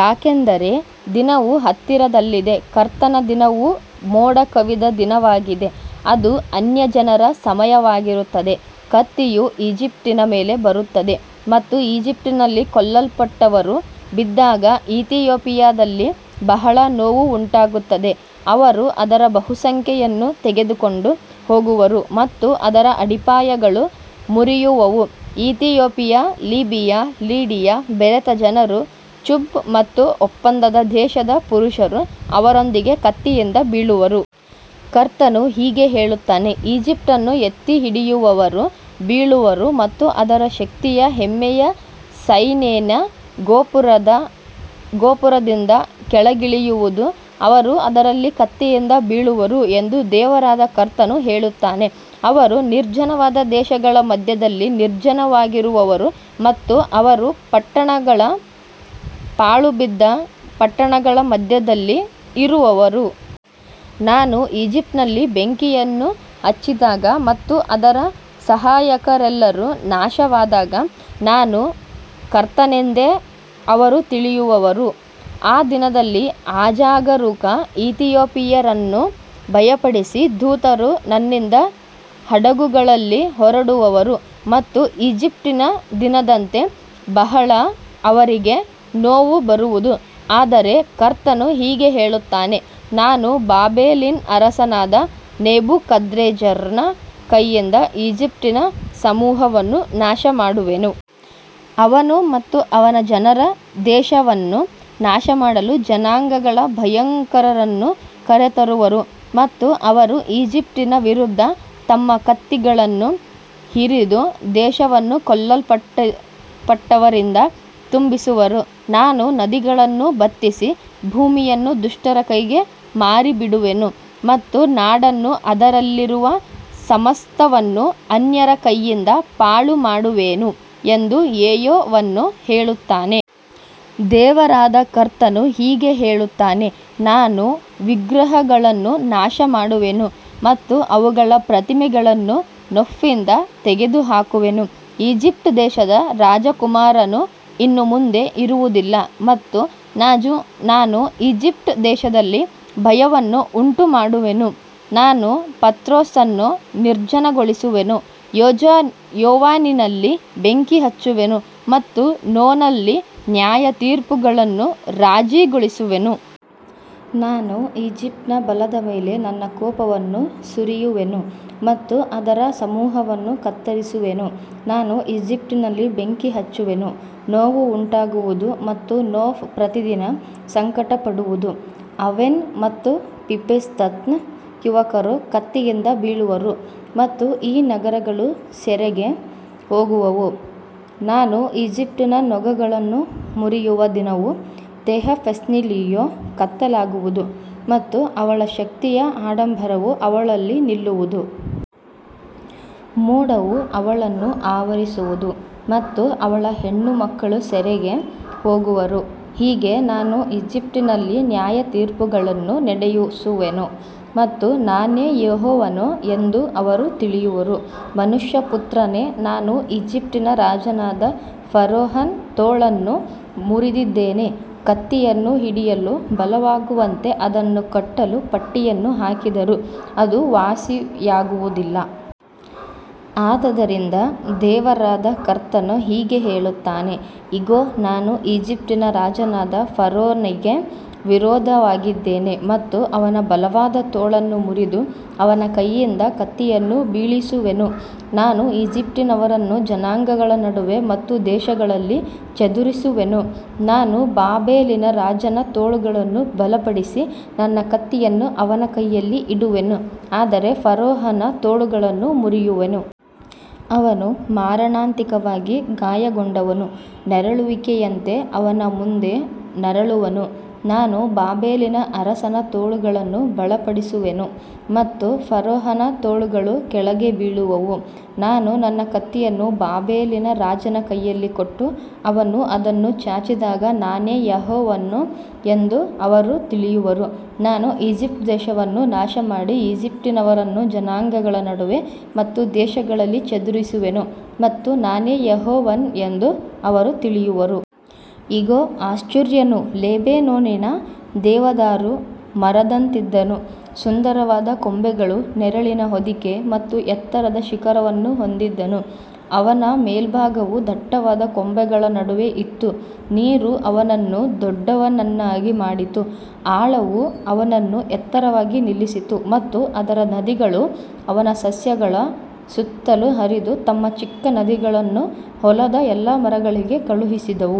ಯಾಕಂದರೆ ದಿನವು ಹತ್ತಿರದಲ್ಲಿದೆ, ಕರ್ತನ ದಿನವು ಮೋಡ ಕವಿದ ದಿನವಾಗಿದೆ, ಅದು ಅನ್ಯಜನರ ಸಮಯವಾಗಿರುತ್ತದೆ. ಕತ್ತಿಯು ಈಜಿಪ್ಟಿನ ಮೇಲೆ ಬರುತ್ತದೆ ಮತ್ತು ಈಜಿಪ್ಟಿನಲ್ಲಿ ಕೊಲ್ಲಲ್ಪಟ್ಟವರು ಬಿದ್ದಾಗ ಇಥಿಯೋಪಿಯಾದಲ್ಲಿ ಬಹಳ ನೋವು ಉಂಟಾಗುತ್ತದೆ. ಅವರು ಅದರ ಬಹುಸಂಖ್ಯೆಯನ್ನು ತೆಗೆದುಕೊಂಡು ಹೋಗುವರು ಮತ್ತು ಅದರ ಅಡಿಪಾಯಗಳು ಮುರಿಯುವವು. ಇಥಿಯೋಪಿಯ, ಲಿಬಿಯಾ, ಲಿಡಿಯಾ, ಬೆರೆತ ಜನರು, ಚುಬ್ ಮತ್ತು ಒಪ್ಪಂದದ ದೇಶದ ಪುರುಷರು ಅವರೊಂದಿಗೆ ಕತ್ತಿಯಿಂದ ಬೀಳುವರು. ಕರ್ತನು ಹೀಗೆ ಹೇಳುತ್ತಾನೆ, ಈಜಿಪ್ಟನ್ನು ಎತ್ತಿಹಿಡಿಯುವವರು ಬೀಳುವರು ಮತ್ತು ಅದರ ಶಕ್ತಿಯ ಹೆಮ್ಮೆಯು ಸೈನೆನ ಗೋಪುರದಿಂದ ಕೆಳಗಿಳಿಯುವುದು. ಅವರು ಅದರಲ್ಲಿ ಕತ್ತಿಯಿಂದ ಬೀಳುವರು ಎಂದು ದೇವರಾದ ಕರ್ತನು ಹೇಳುತ್ತಾನೆ. ಅವರು ನಿರ್ಜನವಾದ ದೇಶಗಳ ಮಧ್ಯದಲ್ಲಿ ನಿರ್ಜನವಾಗಿರುವರು ಮತ್ತು ಅದರ ಪಟ್ಟಣಗಳು ಪಾಳುಬಿದ್ದ ಪಟ್ಟಣಗಳ ಮಧ್ಯದಲ್ಲಿ ಇರುವವು. ನಾನು ಈಜಿಪ್ಟಿನಲ್ಲಿ ಬೆಂಕಿಯನ್ನು ಹಚ್ಚಿದಾಗ ಮತ್ತು ಅದರ ಸಹಾಯಕರೆಲ್ಲರೂ ನಾಶವಾದಾಗ ನಾನೇ ಕರ್ತನೆಂದು ಅವರು ತಿಳಿಯುವರು. ಆ ದಿನದಲ್ಲಿ ಅಜಾಗರೂಕ ಇಥಿಯೋಪಿಯನ್ನರನ್ನು ಭಯಪಡಿಸಲು ದೂತರು ನನ್ನಿಂದ ಹಡಗುಗಳಲ್ಲಿ ಹೊರಡುವರು ಮತ್ತು ಈಜಿಪ್ಟಿನ ದಿನದಂತೆ ಅವರಿಗೆ ಬಹಳ ನೋವು ಬರುವುದು. ದೇವರಾದ ಕರ್ತನು ಹೀಗೆ ಹೇಳುತ್ತಾನೆ, ನಾನು ಬಾಬೆಲಿನ ಅರಸನಾದ ನೆಬುಕದ್ರೆಜ್ಜರನ ಕೈಯಿಂದ ಈಜಿಪ್ಟಿನ ಸಮೂಹವನ್ನು ನಾಶಮಾಡುವೆನು. ಅವನು ಮತ್ತು ಅವನ ಜನರು ದೇಶವನ್ನು ನಾಶಮಾಡಲು ಜನಾಂಗಗಳ ಭಯಂಕರರನ್ನು ಕರೆತರುವರು ಮತ್ತು ಅವರು ಈಜಿಪ್ಟಿನ ವಿರುದ್ಧ ತಮ್ಮ ಕತ್ತಿಗಳನ್ನು ಹಿರಿದು ದೇಶವನ್ನು ಕೊಲ್ಲಲ್ಪಟ್ಟವರಿಂದ ತುಂಬಿಸುವರು. ನಾನು ನದಿಗಳನ್ನು ಬತ್ತಿಸಿ ಭೂಮಿಯನ್ನು ದುಷ್ಟರ ಕೈಗೆ ಮಾರಿಬಿಡುವೆನು ಮತ್ತು ನಾಡನ್ನೂ ಅದರಲ್ಲಿರುವ ಸಮಸ್ತವನ್ನೂ ಅನ್ಯರ ಕೈಯಿಂದ ಪಾಳುಮಾಡುವೆನು ಎಂದು ಯೆಹೋವನು ಹೇಳುತ್ತಾನೆ. ದೇವರಾದ ಕರ್ತನು ಹೀಗೆ ಹೇಳುತ್ತಾನೆ, ನಾನು ವಿಗ್ರಹಗಳನ್ನು ನಾಶಮಾಡುವೆನು ಮತ್ತು ಅವುಗಳ ಪ್ರತಿಮೆಗಳನ್ನು ನೋಫ್ನಿಂದ ತೆಗೆದುಹಾಕುವೆನು. ಈಜಿಪ್ಟ್ ದೇಶದ ರಾಜಕುಮಾರನು ಇನ್ನು ಮುಂದೆ ಇರುವುದಿಲ್ಲ ಮತ್ತು ನಾನು ಈಜಿಪ್ಟ್ ದೇಶದಲ್ಲಿ ಭಯವನ್ನು ಉಂಟುಮಾಡುವೆನು. ನಾನು ಪತ್ರೋಸನ್ನು ನಿರ್ಜನಗೊಳಿಸುವೆನು, ಝೋವಾನಿನಲ್ಲಿ ಬೆಂಕಿ ಹಚ್ಚುವೆನು ಮತ್ತು ನೋನಲ್ಲಿ ನ್ಯಾಯತೀರ್ಪುಗಳನ್ನು ಜಾರಿಗೊಳಿಸುವೆನು. ನಾನು ಈಜಿಪ್ಟಿನ ಬಲದ ಮೇಲೆ ನನ್ನ ಕೋಪವನ್ನು ಸುರಿಯುವೆನು ಮತ್ತು ಅದರ ಸಮೂಹವನ್ನು ಕತ್ತರಿಸುವೆನು. ನಾನು ಈಜಿಪ್ಟಿನಲ್ಲಿ ಬೆಂಕಿ ಹಚ್ಚುವೆನು, ನೋವು ಉಂಟಾಗುವುದು ಮತ್ತು ನೋಫ್ ಪ್ರತಿದಿನ ಸಂಕಟಪಡುವುದು. ಆವೆನ್ ಮತ್ತು ಪಿಬೆಸೆತ್ನ ಯುವಕರು ಕತ್ತಿಯಿಂದ ಬೀಳುವರು ಮತ್ತು ಈ ನಗರಗಳು ಸೆರೆಗೆ ಹೋಗುವವು. ನಾನು ಈಜಿಪ್ಟಿನ ನೊಗಗಳನ್ನು ಮುರಿಯುವ ದಿನವು ತೆಹಫ್ನೆಹೆಸ್ನಲ್ಲಿಯೂ ಕತ್ತಲಾಗುವುದು ಮತ್ತು ಅವಳ ಶಕ್ತಿಯ ಆಡಂಬರವು ಅವಳಲ್ಲಿ ನಿಲ್ಲುವುದು. ಮೋಡವು ಅವಳನ್ನು ಆವರಿಸುವುದು ಮತ್ತು ಅವಳ ಹೆಣ್ಣುಮಕ್ಕಳು ಸೆರೆಗೆ ಹೋಗುವರು. ಹೀಗೆ ನಾನು ಈಜಿಪ್ಟಿನಲ್ಲಿ ನ್ಯಾಯತೀರ್ಪುಗಳನ್ನು ನಡೆಸುವೆನು ಮತ್ತು ನಾನೇ ಯೆಹೋವನು ಎಂದು ಅವರು ತಿಳಿಯುವರು. ಮನುಷ್ಯಪುತ್ರನೇ, ನಾನು ಈಜಿಪ್ಟಿನ ರಾಜನಾದ ಫರೋಹನ ತೋಳನ್ನು ಮುರಿದಿದ್ದೇನೆ. ಕತ್ತಿಯನ್ನು ಹಿಡಿಯಲು ಬಲವಾಗುವಂತೆ ಅದನ್ನು ಕಟ್ಟಲು ಪಟ್ಟಿಯನ್ನು ಹಾಕಿದರೂ ಅದು ವಾಸಿಯಾಗುವುದಿಲ್ಲ. ಆದದರಿಂದ ದೇವರಾದ ಕರ್ತನು ಹೀಗೆ ಹೇಳುತ್ತಾನೆ, ಇಗೋ, ನಾನು ಈಜಿಪ್ಟಿನ ರಾಜನಾದ ಫರೋಹನಿಗೆ ವಿರೋಧವಾಗಿದ್ದೇನೆ ಮತ್ತು ಅವನ ಬಲವಾದ ತೋಳನ್ನು ಮುರಿದು ಅವನ ಕೈಯಿಂದ ಕತ್ತಿಯನ್ನು ಬೀಳಿಸುವೆನು. ನಾನು ಈಜಿಪ್ಟಿನವರನ್ನು ಜನಾಂಗಗಳ ನಡುವೆ ಮತ್ತು ದೇಶಗಳಲ್ಲಿ ಚದುರಿಸುವೆನು. ನಾನು ಬಾಬೆಲಿನ ರಾಜನ ತೋಳುಗಳನ್ನು ಬಲಪಡಿಸಿ ನನ್ನ ಕತ್ತಿಯನ್ನು ಅವನ ಕೈಯಲ್ಲಿ ಇಡುವೆನು, ಆದರೆ ಫರೋಹನ ತೋಳುಗಳನ್ನು ಮುರಿಯುವೆನು. ಅವನು ಮಾರಣಾಂತಿಕವಾಗಿ ಗಾಯಗೊಂಡವನ ನರಳುವಿಕೆಯಂತೆ ಅವನ ಮುಂದೆ ನರಳುವನು. ನಾನು ಬಾಬೆಲಿನ ಅರಸನ ತೋಳುಗಳನ್ನು ಬಲಪಡಿಸುವೆನು ಮತ್ತು ಫರೋಹನ ತೋಳುಗಳು ಕೆಳಗೆ ಬೀಳುವವು. ನಾನು ನನ್ನ ಕತ್ತಿಯನ್ನು ಬಾಬೆಲಿನ ರಾಜನ ಕೈಯಲ್ಲಿ ಕೊಟ್ಟು ಅವನು ಅದನ್ನು ಚಾಚಿದಾಗ ನಾನೇ ಯೆಹೋವನು ಎಂದು ಅವರು ತಿಳಿಯುವರು. ನಾನು ಈಜಿಪ್ಟ್ ದೇಶವನ್ನು ನಾಶಮಾಡಿ ಈಜಿಪ್ಟಿನವರನ್ನು ಜನಾಂಗಗಳ ನಡುವೆ ಮತ್ತು ದೇಶಗಳಲ್ಲಿ ಚದುರಿಸುವೆನು ಮತ್ತು ನಾನೇ ಯೆಹೋವನು ಎಂದು ಅವರು ತಿಳಿಯುವರು. ಇಗೋ, ಅಶ್ಶೂರ್ಯನು ಲೆಬನೋನಿನ ದೇವದಾರು ಮರದಂತಿದ್ದನು, ಸುಂದರವಾದ ಕೊಂಬೆಗಳು, ನೆರಳಿನ ಹೊದಿಕೆ ಮತ್ತು ಎತ್ತರದ ಶಿಖರವನ್ನು ಹೊಂದಿದ್ದನು, ಅವನ ಮೇಲ್ಭಾಗವು ದಟ್ಟವಾದ ಕೊಂಬೆಗಳ ನಡುವೆ ಇತ್ತು. ನೀರು ಅವನನ್ನು ದೊಡ್ಡವನನ್ನಾಗಿ ಮಾಡಿತು, ಆಳವು ಅವನನ್ನು ಎತ್ತರವಾಗಿ ನಿಲ್ಲಿಸಿತು ಮತ್ತು ಅದರ ನದಿಗಳು ಅವನ ಸಸ್ಯಗಳ ಸುತ್ತಲೂ ಹರಿದು ತಮ್ಮ ಚಿಕ್ಕ ನದಿಗಳನ್ನು ಹೊಲದ ಎಲ್ಲಾ ಮರಗಳಿಗೆ ಕಳುಹಿಸಿದವು.